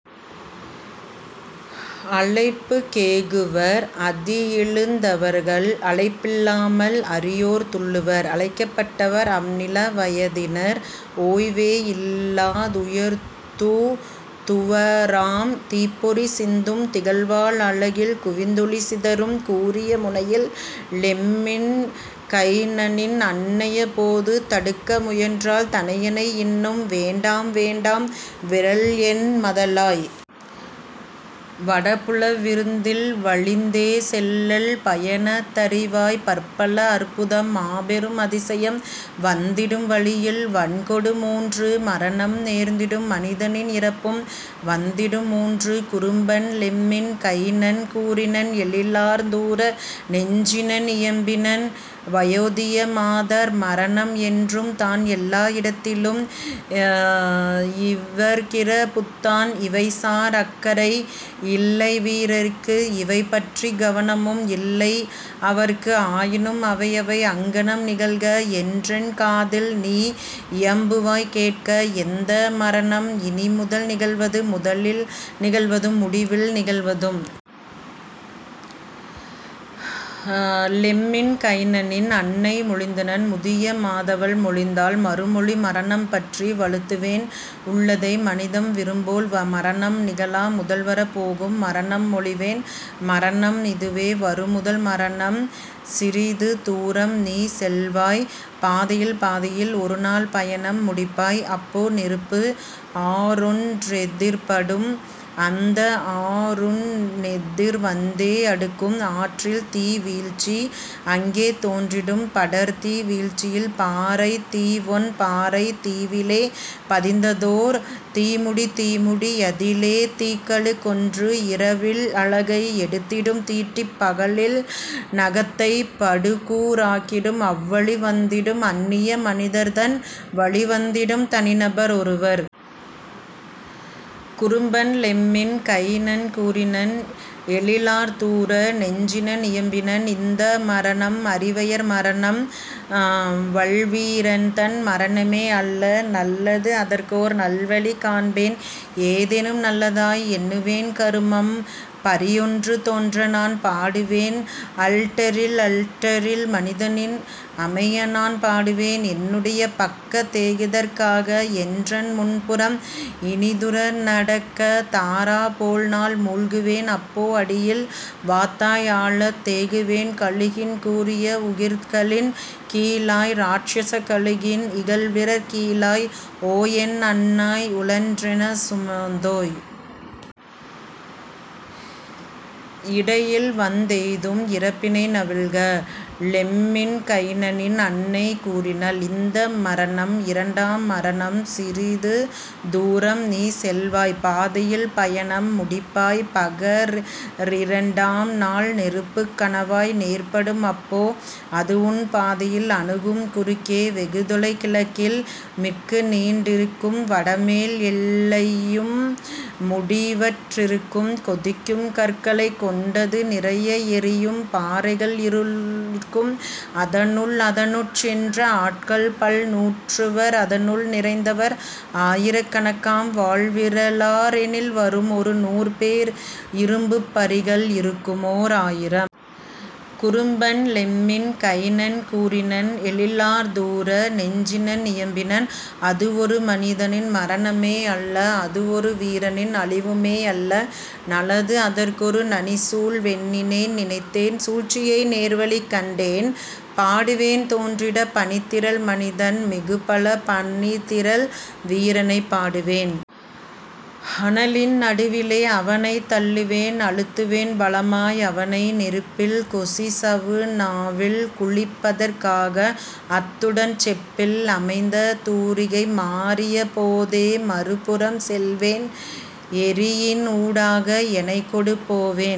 "அழைப்புக் கேகுவர் அதிஇழிந் தவர்கள் அழைப் பில்லாமல் அரியோர் துள்ளுவர்; அழைக்கப் பட்டவர் அம்நிலா வயதினர் ஓய்வே இல்லா உயர்தூ துவராம் தீப்பொறி சிந்தும் திகழ்வாள் அலகில் குவிந்தொளி சிதறும் கூரிய முனையில். " லெம்மின் கைனனின் அன்னையப் போது தடுக்க முயன்றாள் தனையனை இன்னும்: "வேண்டாம் வேண்டாம் விறல்என் மதலாய்! வடபுல விருந்தில் வலிந்தே செல்லல்! பயணத் தறிவாய் பற்பல அற்புதம் மாபெரும் அதிசயம் வந்திடும் வழியில் வன்கொடு மூன்று மரணம் நேர்ந்திடும் மனிதனின் இறப்பும் வந்திடும் மூன்று. " குறும்பன் லெம்மின் கைனன் கூறினன் எழிலார் தூர நெஞ்சினன் இயம்பினன்: "வயோதிப மாதர்க் மரணம்என் றும்தான் எல்லா இடத்திலும் இவர்க்கிறப் புத்தான் இவைசார் அக்கறை இல்லைவீ ரர்க்கு இவைபற்றி கவனமும் இல்லைஅ வர்க்கு ஆயினும் அவைஅவை அங்ஙனம் நிகழ்க, என்றன் காதில்நீ இயம்புவாய் கேட்க எந்த மரணம் இனிமுதல் நிகழ்வது முதலில் நிகழ்வதும் முடிவில் நிகழ்வதும்? " லெம்மின் கைனனின் அன்னை மொழிந்தனள் முதிய மாதவள் மொழிந்தாள் மறுமொழி: "மரணம் பற்றி வழுத்துவேன் உள்ளதை மனிதன் விருப்புபோல் மரணம் நிகழா முதல்வரப் போகும் மரணம் மொழிவேன் மரணம் இதுவே வருமுதல் மரணம் சிறிதுதூ ரம்நீ செல்வாய் பாதையில் பாதையில் ஒருநாள் பயணம் முடிப்பாய் அப்போ நெருப்பு ஆறொன் றெதிர்ப்படும் அந்தஆ றுன்னெதிர் வந்தே அடுக்கும் ஆற்றில்தீ வீழ்ச்சி அங்கே தோன்றிடும் படர்தீ வீழ்ச்சியில் பாறைத்தீ வொன் பாறைத் தீவிலே பதிந்ததோர் தீமுடி தீமுடி யதிலே தீக்கழு கொன்று இரவில் அலகை எடுத்திடும் தீட்டி பகலில் நகத்தைப் படுகூ ராக்கிடும் அவ்வழி வந்திடும் அந்நிய மனிதர்க் தன்வழி வந்திடும் தனிநபர் ஒருவர்க். " குறும்பன் லெம்மின் கைனன் கூறினன் எழிலார் தூர நெஞ்சினன் இயம்பினன்: "இந்த மரணம் அரிவையர் மரணம் வல்வீ ரன்தன் மரணமே அல்ல நல்லது அதற்கோர் நல்வழி காண்பேன் ஏதெனும் நல்லதாய் எண்ணுவேன் கருமம்: பரியொன்று தோன்றநான் பாடுவேன் 'அல்டரி'ல் 'அல்டரி'ல் மனிதனும் அமையநான் பாடுவேன் என்னுடைய பக்கத் தேகுதற் காக என்றன் முன்புறம் இனிதுற நடக்க; தாரா போல்நான் மூழ்குவேன் அப்போ அடியில் வாத்தாய் ஆழத் தேகுவேன் கழுகின் கூரிய உகிர்களின் கீழாய் இராட்சசக் கழுகின் இகல்விரற் கீழாய்; "ஓ, என் அன்னாய், உழன்றெனைச் சுமந்தோய்! இடையில்வந் தெய்தும் இறப்பினை நவில்க! " லெம்மின் கைனனின் அன்னை கூறினள்: "இந்த மரணம் இரண்டாம் மரணம் சிறிதுதூ ரம்நீ செல்வாய் பாதையில் பயணம் முடிப்பாய் பகரிரண் டாம்நாள் நெருப்புக் கணவாய் நேர்ப்படும் அப்போ அதுஉன் பாதையில் அணுகும் குறுக்கே வெகுதொலை கிழக்கில் மிக்குநீண் டிருக்கும் வடமேல் எல்லையும் முடிவற் றிருக்கும் கொதிக்கும் கற்களைக் கொண்டது நிறைய எரியும் பாறைகள் இருக்கும் அதனுள்; அதனுட் சென்ற ஆட்கள்பல் நூற்றுவர் அதனுள் நிறைந்தவர் ஆயிரக் கணக்காம் வாள்விற லார்எணில் வரும்ஒரு நூறுபேர் இரும்புப் பரிகள் இருக்குமோ ராயிரம். " குறும்பன் லெம்மின் கைனன் கூறினன் எழிலார் தூர நெஞ்சினன் இயம்பினன்: "அதுவொரு மனிதனின் மரணமே அல்ல அதுவொரு வீரனின் அழிவுமே யல்ல நலது அதற்கொரு நனிசூழ் வெண்ணினேன் நினைத்தேன் சூழ்ச்சியை நேர்வழி கண்டேன் பாடுவேன் தோன்றிடப் பனித்திரள் மனிதன் மிகுபலப் பனித்திரள் வீரனைப் பாடுவேன் அனலின் நடுவிலே அவனைத் தள்ளுவேன் அழுத்துவேன் பலமாய் அவனை நெருப்பில் கொதிசவு னாவில் குளிப்பதற் காக அத்துடன் செப்பில் அமைந்த தூரிகை; மாறியப் போதே மறுபுறம் செல்வேன் எரியின்ஊ டாக எனைக்கொடு போவேன்